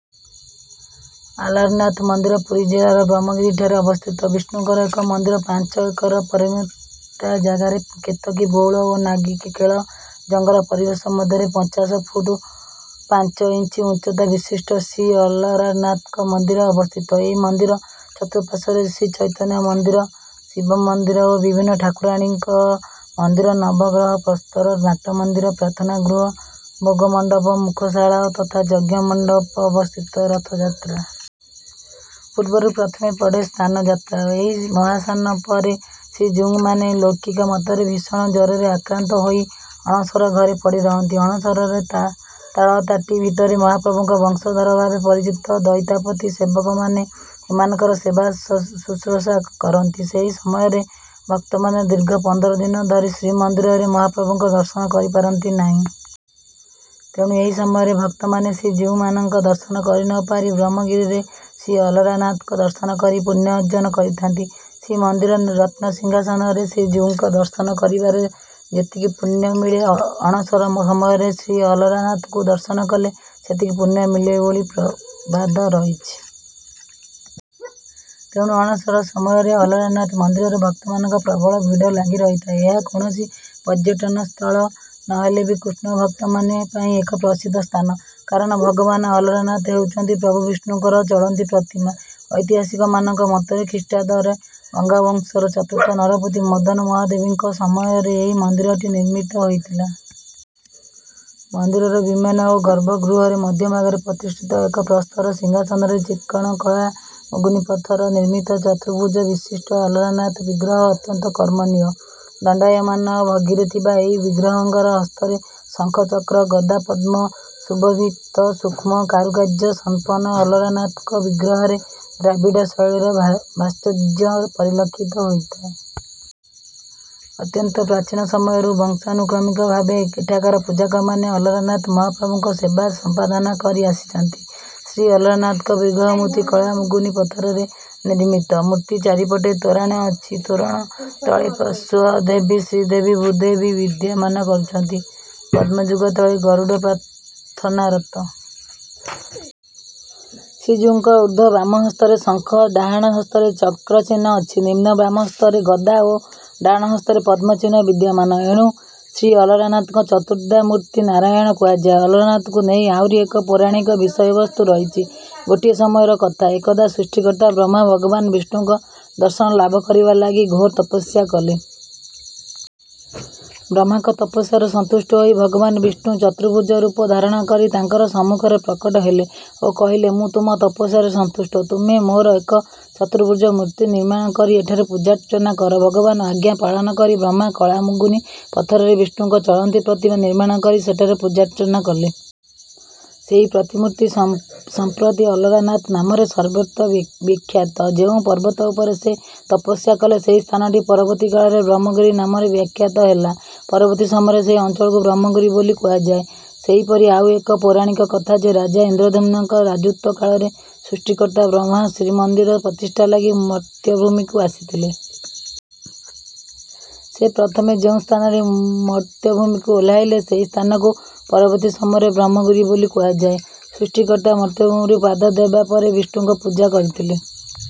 ଅଲାରନାଥ ମନ୍ଦିର ପୁରୀ ଜିଲ୍ଲାର ବ୍ରହ୍ମଗିରିଠାରେ ଅବସ୍ଥିତ ବିଷ୍ଣୁଙ୍କର ଏକ ମନ୍ଦିର। ପାଞ୍ଚ ଏକର ପରିମିତ ଜାଗାରେ କେତକୀ, ବଉଳ ଓ ନାରିକେଳ ଜଙ୍ଗଲ ପରିବେଶ ମଧ୍ୟରେ ପଞ୍ଚାଶ ଫୁଟ ପାଞ୍ଚ ଇଞ୍ଚ ଉଚ୍ଚତା ବିଶିଷ୍ଟ ଶ୍ରୀଅଲାରନାଥଙ୍କ ମନ୍ଦିର ଅବସ୍ଥିତ। ଏହି ମନ୍ଦିର ଚତୁଃପାର୍ଶ୍ୱରେ ଶ୍ରୀଚୈତନ୍ୟ ମନ୍ଦିର, ଶିବ ମନ୍ଦିର ଓ ବିଭିନ୍ନ ଠାକୁରାଣୀଙ୍କ ମନ୍ଦିର, ନବଗ୍ରହ ପ୍ରସ୍ତର, ନାଟମନ୍ଦିର, ପ୍ରାର୍ଥନା ଗୃହ, ଭୋଗମଣ୍ଡପ, ମୁଖଶାଳା ତଥା ଯଜ୍ଞ ମଣ୍ଡପ ଅବସ୍ଥିତ। ରଥଯାତ୍ରା ପୂର୍ବରୁ ପ୍ରଥମେ ପଡ଼େ ସ୍ନାନଯାତ୍ରା। ଏହି ମହାସ୍ନାନ ପରେ ଶ୍ରୀଜୀଉମାନେ ଲୌକିକ ମତରେ ଭୀଷଣ ଜ୍ୱରରେ ଆକ୍ରାନ୍ତ ହୋଇ ଅଣସର ଘରେ ପଡ଼ିରହନ୍ତି। ଅଣସରର ତାଳତାଟି ଭିତରେ ମହାପ୍ରଭୁଙ୍କ ବଂଶଧର ଭାବେ ପରିଚିତ ଦଇତାପତି ସେବକମାନେ ସେମାନଙ୍କର ସେବାଶୁଶ୍ରୂଷା କରନ୍ତି। ସେହି ସମୟରେ ଭକ୍ତମାନେ ଦୀର୍ଘ ପନ୍ଦର ଦିନ ଧରି ଶ୍ରୀମନ୍ଦିରରେ ମହାପ୍ରଭୁଙ୍କ ଦର୍ଶନ କରିପାରନ୍ତି ନାହିଁ। ତେଣୁ ଏହି ସମୟରେ ଭକ୍ତମାନେ ଶ୍ରୀଜୀଉମାନଙ୍କୁ ଦର୍ଶନ କରିନପାରି ବ୍ରହ୍ମଗିରିର ଶ୍ରୀଅଲାରନାଥଙ୍କୁ ଦର୍ଶନ କରି ପୁଣ୍ୟ ଅର୍ଜନ କରିଥାନ୍ତି। ଶ୍ରୀମନ୍ଦିର ରତ୍ନସିଂହାସନରେ ଶ୍ରୀଜୀଉଙ୍କୁ ଦର୍ଶନ କରିବାରେ ଯେତିକି ପୁଣ୍ୟ ମିଳେ, ଅଣସର ସମୟରେ ଶ୍ରୀଅଲାରନାଥଙ୍କୁ ଦର୍ଶନ କଲେ ସେତିକି ପୁଣ୍ୟ ମିଳେ ବୋଲି ପ୍ରବାଦ ରହିଛି। ତେଣୁ ଅଣସର ସମୟରେ ଅଲାରନାଥ ମନ୍ଦିରରେ ଭକ୍ତମାନଙ୍କ ପ୍ରବଳ ଭିଡ଼ ଲାଗିରହିଥାଏ। ଏହା କୌଣସି ପର୍ଯ୍ୟଟନସ୍ଥଳୀ ନହେଲେ ବି କୃଷ୍ଣଭକ୍ତମାନଙ୍କ ପାଇଁ ଏକ ପ୍ରସିଦ୍ଧ ସ୍ଥାନ। କାରଣ ଭଗବାନ ଅଲାରନାଥ ହେଉଛନ୍ତି ପ୍ରଭୁ ବିଷ୍ଣୁଙ୍କର ଚଳନ୍ତି ପ୍ରତିମା। ଐତିହାସିକମାନଙ୍କ ମତରେ ଖ୍ରୀଷ୍ଟାବ୍ଦରେ ଗଙ୍ଗବଂଶର ଚତୁର୍ଥ ନରପତି ମଦନ ମହାଦେବଙ୍କ ସମୟରେ ଏହି ମନ୍ଦିରଟି ନିର୍ମିତ ହୋଇଥିଲା। ମନ୍ଦିରର ବିମାନ ବା ଗର୍ଭଗୃହର ମଧ୍ୟଭାଗରେ ପ୍ରତିଷ୍ଠିତ ଏକ ପ୍ରସ୍ତର ସିଂହାସନରେ ଚିକ୍କଣ କଳା ମୁଗୁନି ପ୍ରସ୍ତର ନିର୍ମିତ ଚତୁର୍ଭୁଜ ବିଶିଷ୍ଟ ଅଲାରନାଥ ବିଗ୍ରହ ଅତ୍ୟନ୍ତ କମନୀୟ। ଦଣ୍ଡାୟମାନ ଭଙ୍ଗୀରେ ଥିବା ଏହି ବିଗ୍ରହଙ୍କର ହସ୍ତରେ ଶଙ୍ଖ, ଚକ୍ର, ଗଦା, ପଦ୍ମ ସୁଶୋଭିତ। ସୂକ୍ଷ୍ମ କାରୁକାର୍ଯ୍ୟ ସମ୍ପନ୍ନ ଅଲାରନାଥଙ୍କ ବିଗ୍ରହରେ ଦ୍ରାବିଡ଼ ଶୈଳୀର ଭାସ୍କର୍ଯ୍ୟ ପରିଲକ୍ଷିତ ହୋଇଥାଏ। ଅତ୍ୟନ୍ତ ପ୍ରାଚୀନ ସମୟରୁ ବଂଶାନୁକ୍ରମିକ ଭାବେ ଏଠାକାର ପୂଜକମାନେ ଅଲାରନାଥ ମହାପ୍ରଭୁଙ୍କ ସେବା ସମ୍ପାଦନ କରି ଆସୁଛନ୍ତି। ଶ୍ରୀ ଅଲାରନାଥଙ୍କ ବିଗ୍ରହମୂର୍ତ୍ତି କଳାମୁଗୁନି ପଥରରେ ନିର୍ମିତ। ମୂର୍ତ୍ତି ଚାରିପଟେ ତୋରଣ ଅଛି। ତୋରଣ ତଳେ ପାର୍ଶ୍ୱଦେବୀ ଶ୍ରୀଦେବୀ, ଭୂଦେବୀ ବିଦ୍ୟମାନ କରୁଛନ୍ତି। ପଦଯୁଗ ତଳେ ଗରୁଡ଼ ପ୍ରାର୍ଥନାରତ। ଶ୍ରୀଜୀଉଙ୍କ ଊର୍ଦ୍ଧ୍ୱ ବାମ ହସ୍ତରେ ଶଙ୍ଖ, ଡାହାଣ ହସ୍ତରେ ଚକ୍ରଚିହ୍ନ ଅଛି। ନିମ୍ନ ବାମ ହସ୍ତରେ ଗଦା ଓ ଡାହାଣ ହସ୍ତରେ ପଦ୍ମ ଚିହ୍ନ ବିଦ୍ୟମାନ। ଏଣୁ ଶ୍ରୀ ଅଲାରନାଥଙ୍କୁ ଚତୁର୍ଦ୍ଧାମୂର୍ତ୍ତି ନାରାୟଣ କୁହାଯାଏ। ଅଲାରନାଥଙ୍କୁ ନେଇ ଆହୁରି ଏକ ପୌରାଣିକ ବିଷୟବସ୍ତୁ ରହିଛି। ଗୋଟିଏ ସମୟର କଥା, ଏକଦା ସୃଷ୍ଟିକର୍ତ୍ତା ବ୍ରହ୍ମା ଭଗବାନ୍ ବିଷ୍ଣୁଙ୍କ ଦର୍ଶନ ଲାଭ କରିବା ଲାଗି ଘୋର ତପସ୍ୟା କଲେ। ବ୍ରହ୍ମାଙ୍କ ତପସ୍ୟାରେ ସନ୍ତୁଷ୍ଟ ହୋଇ ଭଗବାନ୍ ବିଷ୍ଣୁ ଚତୁର୍ଭୁଜ ରୂପ ଧାରଣ କରି ତାଙ୍କ ସମ୍ମୁଖରେ ପ୍ରକଟ ହେଲେ ଓ କହିଲେ, "ମୁଁ ତୁମ ତପସ୍ୟାରେ ସନ୍ତୁଷ୍ଟ। ତୁମେ ମୋର ଏକ ଚତୁର୍ଭୁଜ ମୂର୍ତ୍ତି ନିର୍ମାଣ କରି ଏଠାରେ ପୂଜାର୍ଚ୍ଚନା କର।" ଭଗବାନଙ୍କ ଆଜ୍ଞା ପାଳନ କରି ବ୍ରହ୍ମା କଳା ମୁଗୁନି ପଥରରେ ବିଷ୍ଣୁଙ୍କ ଚଳନ୍ତି ପ୍ରତିମା ନିର୍ମାଣ କରି ସେଠାରେ ପୂଜାର୍ଚ୍ଚନା କଲେ। ସେହି ପ୍ରତିମୂର୍ତ୍ତି ସମ୍ପ୍ରତି ଅଲାରନାଥ ନାମରେ ସର୍ବତ୍ର ବିଖ୍ୟାତ। ଯେଉଁ ପର୍ବତ ଉପରେ ସେ ତପସ୍ୟା କଲେ, ସେହି ସ୍ଥାନଟି ପରବର୍ତ୍ତୀ କାଳରେ ବ୍ରହ୍ମଗିରି ନାମରେ ବିଖ୍ୟାତ ହେଲା। ପରବର୍ତ୍ତୀ ସମୟରେ ସେହି ଅଞ୍ଚଳକୁ ବ୍ରହ୍ମଗିରି ବୋଲି କୁହାଗଲା। ସେହିପରି ଆଉ ଏକ ପୌରାଣିକ କଥା ଯେ, ରାଜା ଇନ୍ଦ୍ରଦ୍ୟୁମ୍ନଙ୍କ ରାଜତ୍ୱ କାଳରେ ସୃଷ୍ଟିକର୍ତ୍ତା ବ୍ରହ୍ମା ଶ୍ରୀମନ୍ଦିର ପ୍ରତିଷ୍ଠା ଲାଗି ମର୍ତ୍ତ୍ୟଭୂମିକୁ ଆସିଥିଲେ। ସେ ପ୍ରଥମେ ଯେଉଁ ସ୍ଥାନରେ ମର୍ତ୍ତ୍ୟଭୂମିକୁ ଓହ୍ଲାଇଲେ, ସେହି ସ୍ଥାନକୁ ପରବର୍ତ୍ତୀ ସମୟରେ ବ୍ରହ୍ମଗିରି ବୋଲି କୁହାଗଲା। ସୃଷ୍ଟିକର୍ତ୍ତା ମର୍ତ୍ତ୍ୟଭୂମିରେ ପାଦ ଦେବା ପରେ ବିଷ୍ଣୁଙ୍କ ପୂଜା କରିଥିଲେ।